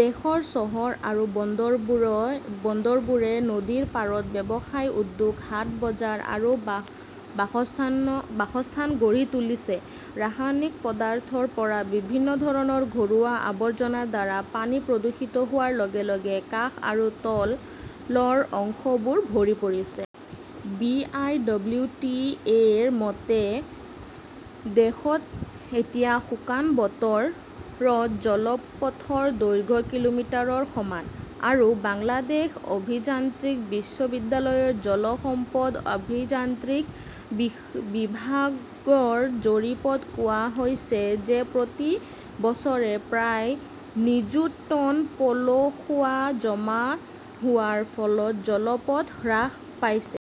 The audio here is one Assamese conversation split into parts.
দেশৰ চহৰ আৰু বন্দৰবোৰে নদীৰ পাৰত ব্যৱসায়, উদ্যোগ, হাট বজাৰ আৰু বাসস্থান গঢ়ি তুলিছে। ৰাসায়নিক পদাৰ্থৰ পৰা বিভিন্ন ধৰণৰ ঘৰুৱা আৱৰ্জনাৰ দ্বাৰা পানী প্ৰদূষিত হোৱাৰ লগে লগে কাষ আৰু তলৰ অংশবোৰ ভৰি পৰিছে। B. I. W. T. A. -ৰ মতে, দেশত এতিয়া শুকান বতৰত জলপথৰ দৈৰ্ঘ্য কিলোমিটাৰৰ সমান। আৰু বাংলাদেশ অভিযান্ত্ৰিক বিশ্ববিদ্যালয়ৰ জল সম্পদ অভিযান্ত্ৰিক বিভাগৰ জৰীপ ত কোৱা হৈছে যে প্ৰতি বছৰে প্ৰায় নিযুত টন পলসুৱা জমা হোৱাৰ ফলত জলপথ হ্ৰাস পাইছে।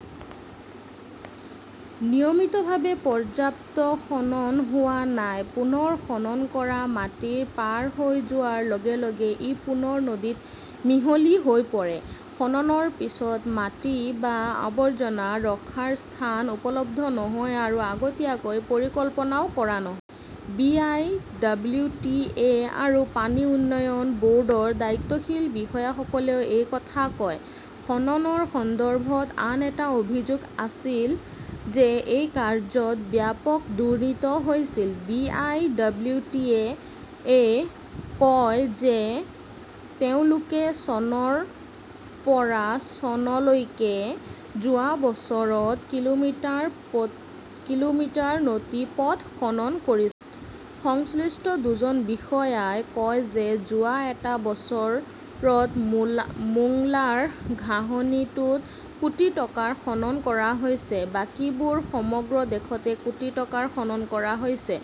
নিয়মিতভাৱে পৰ্যাপ্ত খনন হোৱা নাই। পুনৰ খনন কৰা মাটি পাৰ হৈ যোৱাৰ লগে লগে ই পুনৰ নদীত মিহলি হৈ পৰে। খননৰ পিছত মাটি বা আৱৰ্জনা ৰখাৰ স্থান উপলব্ধ নহয়-আৰু আগতীয়াকৈ পৰিকল্পনাও কৰা নহয়। B. I. W. T. A. আৰু পানী উন্নয়ন ব "ৰ্ডৰ দায়িত্বশীল বিষয়াসকলেও এই কথা কয়। খননৰ সন্দৰ্ভত আন এটা অভিযোগ আছিল যে এই কাৰ্য্যত ব্যাপক দুৰ্নীতি হৈছিল। B. I. W. T. A. -য়ে কয় যে তেওঁলোকে চনৰ পৰা চনলৈকে যোৱা বছৰত কিলোমিটাৰ নদীপথ খনন কৰিছে। সংশ্লিষ্ট দুজন বিষয়াজনে কয় যে যোৱা এটা বছৰত মোংলাৰ ঘাঁহনিটোত কোটি টকাৰ খনন কৰা হৈছে। বাকীবোৰ সমগ্ৰ দেশতে কোটি টকাৰ খনন কৰা হৈছে।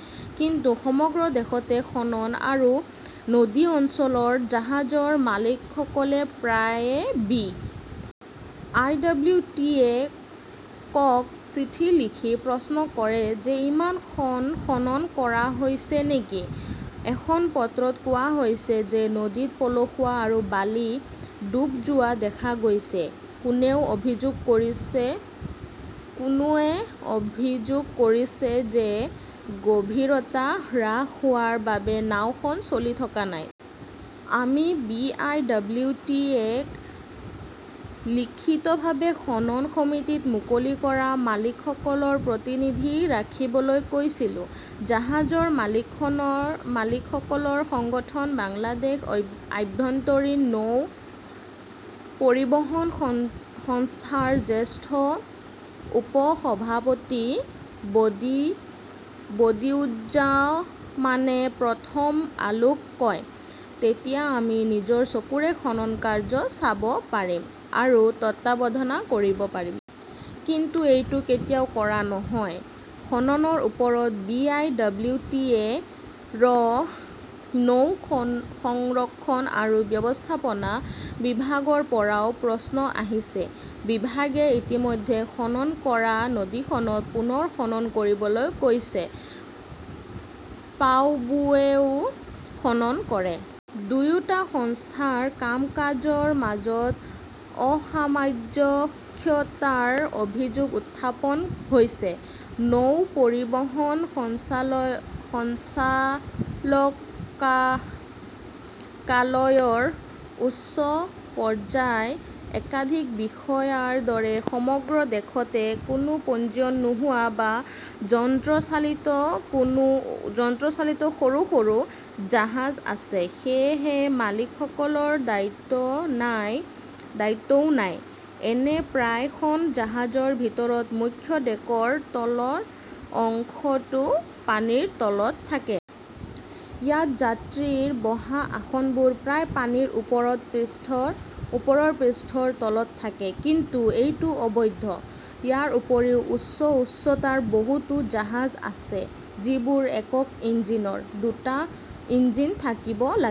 কিন্তু সমগ্ৰ দেশতে খনন কৰা নদী অঞ্চলৰ জাহাজৰ মালিকসকলে প্ৰায়ে B. I. W. T. A. -ক চিঠি লিখি প্ৰশ্ন কৰে যে ইমান খন খনন কৰা হৈছে নেকি। এখন পত্ৰত কোৱা হৈছে যে নদীত পলসুৱা আৰু বালি ডুব যোৱা দেখা গৈছে। কোনোৱে অভিযোগ কৰিছে যে গভীৰতা হ্ৰাস হোৱাৰ বাবে নাওখন চলি থকা নাই। "আমি B. I. W. T. A. -ক লিখিতভাৱে খনন সমিতিত মুকলি কৰা মালিকসকলৰ প্ৰতিনিধি ৰাখিবলৈ কৈছিলো", জাহাজৰ মালিকসকলৰ সংগঠন বাংলাদেশ আভ্যন্তৰীণ নৌ পৰিবহণ সংস্থাৰ জ্যেষ্ঠ উপ-সভাপতি বদিউজ্জমানে প্ৰথম আলোক কয়। তেতিয়া আমি নিজৰ চকুৰে খননকাৰ্য চাব পাৰিম আৰু তত্বাৱধান কৰিব পাৰিম। কিন্তু এইটো কেতিয়াও কৰা নহয়। 'খননৰ ওপৰত B. I. W. T. A. -ৰ নৌ সংৰক্ষণ আৰু ব্যৱস্থাপনা বিভাগৰ পৰাও প্ৰশ্ন আছে। বিভাগে ইতিমধ্যে খনন কৰা নদীখনত পুনৰ খনন কৰিবলৈ কৈছে। পাউবোৱেও খনন কৰে। দুয়োটা সংস্থাৰ কাম-কাজৰ মাজত অসামঞ্জস্যতাৰ অভিযোগ উত্থাপন হৈছে। নৌ পৰিবহণ সঞ্চালকালয়ৰ উচ্চ পৰ্যায়ৰ একাধিক বিষয়াৰ দৰে সমগ্ৰ দেশতে কোনো পঞ্জীয়ন নোহোৱা প্ৰায় যন্ত্ৰচালিত সৰু সৰু জাহাজ আছে। সেয়েহে মালিকসকলৰ দায়িত্বও নাই। এনে প্ৰায় খন জাহাজৰ ভিতৰত মুখ্য ডেকৰ তলৰ অংশটো পানীৰ তলত থাকে। ইয়াত যাত্ৰীৰ বহা আসনবোৰ প্ৰায় পানীৰ ওপৰৰ পৃষ্ঠৰ তলত থাকে। কিন্তু এইটো অবৈধ। ইয়াৰ উপৰিও, উচ্চ উচ্চতাৰ বহুতো জাহাজ আছে, যিবোৰ একক ইঞ্জিনৰ। দুটা ইঞ্জিন থাকিব লাগিব।